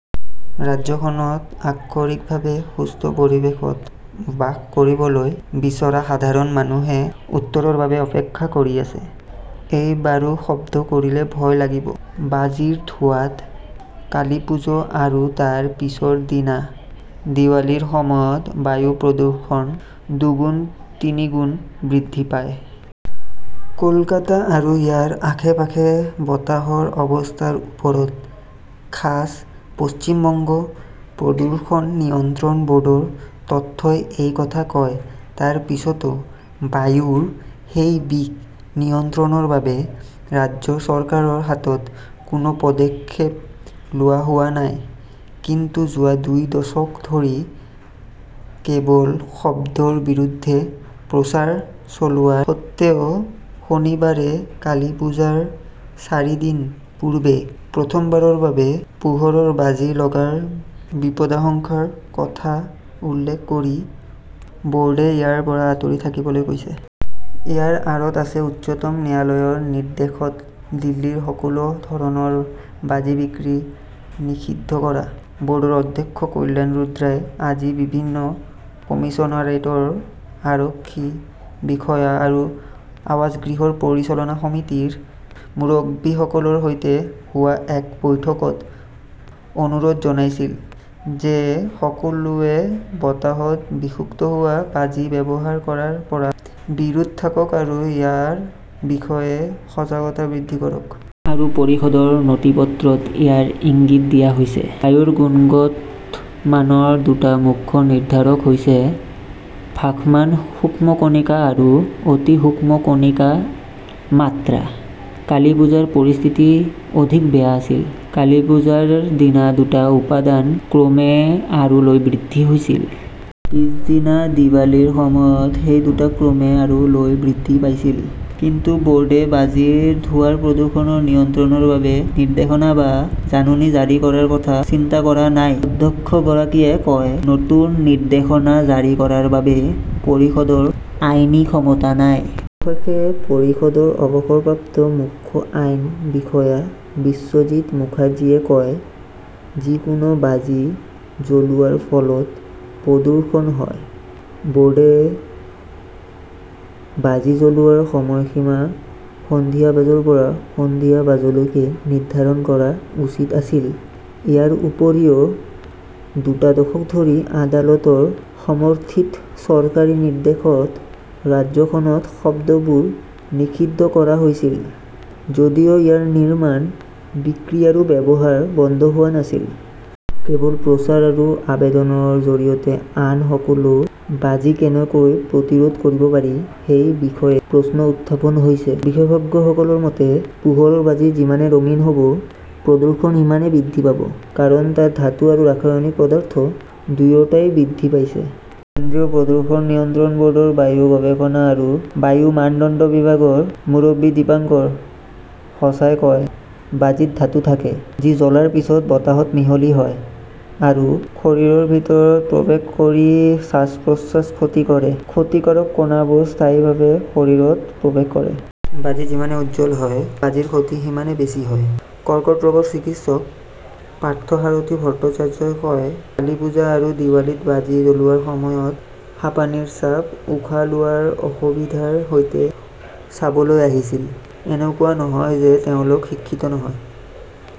ৰাজ্যখনত আক্ষৰিকভাৱে সুস্থ পৰিৱেশত বাস কৰিবলৈ বিচৰা সাধাৰণ মানুহে উত্তৰৰ বাবে অপেক্ষা কৰি আছে। এইবাৰো শব্দ কৰিলে ভয় লাগিব। বাজিৰ ধোঁৱাত কালিপ্পুজো আৰু তাৰ পিছৰ দিনা দেৱালীৰ সময়ত বায়ু প্ৰদূষণ দুগুণ-তিনিগুণ বৃদ্ধি পায়। কলকাতা আৰু ইয়াৰ আশে-পাশে বতাহৰ অৱস্থাৰ ওপৰত খাছ পশ্চিম বংগ প্ৰদূষণ নিয়ন্ত্ৰণ বৰ্ডৰ তথ্যই এই কথা কয়। তাৰ পিছতো বায়ুৰ সেই বিষ নিয়ন্ত্ৰণৰ বাবে ৰাজ্য চৰকাৰৰ হাতত কোনো পদক্ষেপ লোৱা হোৱা নাই। কিন্তু যোৱা দুটা দশক ধৰি কেৱল শব্দৰ বিৰুদ্ধে প্ৰচাৰ চলোৱাৰ স্বত্ত্বেও শনিবাৰে কালীপুজোৰ চাৰিদিন পূৰ্বে প্ৰথমবাৰৰ বাবে পোহৰৰ বাজি লগাৰ বিপদাশংকাৰ কথা উল্লেখ কৰি বোৰ্ডে ইয়াৰ পৰা আঁতৰি থাকিবলৈ কৈছিল। ইয়াৰ আঁৰত আছে উচ্চতম ন্যায়ালয়ৰ নিৰ্দেশত দিল্লীত সকলো ধৰণৰ বাজি বিক্ৰী নিষিদ্ধ কৰা। বৰ্ডৰ অধ্যক্ষ কল্যাণ ৰুদ্ৰই আজি বিভিন্ন কমিচনাৰেটৰ আৰক্ষী বিষয়া আৰু আৱাসগৃহৰ পৰিচালনা সমিতিৰ মুৰব্বীসকলৰ সৈতে হোৱা এখন বৈঠকত অনুৰোধ জনাইছিল যে সকলোৱে বতাহত বিষাক্ত হোৱা বাজি ব্যৱহাৰ কৰাৰ পৰা বিৰত থাকক আৰু ইয়াৰ বিষয়ে সজাগতা বৃদ্ধি কৰক। আৰু পৰিষদৰ নথিপত্ৰত ইয়াৰ ইংগিত দিয়া হৈছে। বায়ুৰ গুণগত মানৰ দুটা মুখ্য নিৰ্ধাৰক হৈছে ভাসমান সূক্ষ্ম কণিকা আৰু অতি সূক্ষ্ম কণিকা ৰ মাত্ৰা। কালীপূজা ৰ পৰিস্থিতি অধিক বেয়া আছিল। কালীপূজা ৰ দিনা দুটা উপাদান ক্ৰমে আৰু লৈ বৃদ্ধি পাইছিল। পিছদিনা দেৱালীৰ সময়ত সেই দুটা ক্ৰমে আৰু লৈ বৃদ্ধি পাইছিল। কিন্তু বৰ্ডে বাজিৰ ধোঁৱাৰ প্ৰদূষণ নিয়ন্ত্ৰণৰ বাবে নিৰ্দেশনা বা জাননী জাৰি কৰাৰ কথা চিন্তা কৰা নাই। অধ্যক্ষগৰাকীয়ে কয়, নতুন নিৰ্দেশনা জাৰি কৰাৰ বাবে পৰিষদৰ আইনী ক্ষমতা নাই। অৱশ্যে, পৰিষদৰ অৱসৰপ্ৰাপ্ত মুখ্য আইন বিষয়া বিশ্বজিত মুখাৰ্জীয়ে কয়, যিকোনো বাজি জ্বলোৱাৰ ফলত প্ৰদূষণ হয়। বৰ্ডে বাজি জ্বলোৱাৰ সময়সীমা সন্ধিয়া বজাৰ পৰা সন্ধিয়া বজালৈকে নিৰ্ধাৰণ কৰা উচিত আছিল। ইয়াৰ উপৰিও, দুটা দশক ধৰি আদালতৰ সমৰ্থিত চৰকাৰী নিৰ্দেশত ৰাজ্যখনত শব্দবোৰ নিষিদ্ধ কৰা হৈছিল যদিও ইয়াৰ নিৰ্মাণ, বিক্ৰী আৰু ব্যৱহাৰ বন্ধ হোৱা নাছিল। কেৱল প্ৰচাৰ আৰু আবেদনৰ জৰিয়তে আন সকলো বাজি কেনেকৈ প্ৰতিৰোধ কৰিব পাৰি সেই বিষয়ে প্ৰশ্ন উত্থাপন হৈছে। বিশেষজ্ঞসকলৰ মতে, পোহৰৰ বাজি যিমানেই ৰঙীন হব, প্ৰদূষণ সিমানেই বৃদ্ধি পাব। কাৰণ, তাত ধাতু আৰু ৰাসায়নিক পদাৰ্থ দুয়োটাই বৃদ্ধি পাইছে। কেন্দ্ৰীয় প্ৰদূষণ নিয়ন্ত্ৰণ বৰ্ডৰ বায়ু গৱেষণা আৰু বায়ু মানদণ্ড বিভাগৰ মুৰব্বী দীপঙ্কাৰ সাহাই কয়, বাজীত ধাতু থাকে। যি জ্বলাৰ পিছত বতাহত মিহলি হয় আৰু শৰীৰৰ ভিতৰত প্ৰৱেশ কৰি শ্বাস-প্ৰশ্বাসৰ ক্ষতি কৰে। ক্ষতিকাৰক কণাবোৰ স্থায়ীভাৱে শৰীৰত প্ৰৱেশ কৰে। বাজি যিমানেই উজ্জ্বল হয়, বাজিৰ ক্ষতি সিমানেই বেছি হয়। কৰ্কট ৰোগৰ চিকিৎসক পাৰ্থসাৰথী ভট্টাচাৰ্যই কয়, কালীপূজা আৰু দেৱালীত বাজি জ্বলোৱাৰ সময়ত বহুতো লোকে হাঁপানীৰ চাপ, উশাহ লোৱাৰ অসুবিধাৰ সৈতে চাবলৈ আহিছিল। এনেকুৱা নহয় যে তেওঁলোক শিক্ষিত নহয়।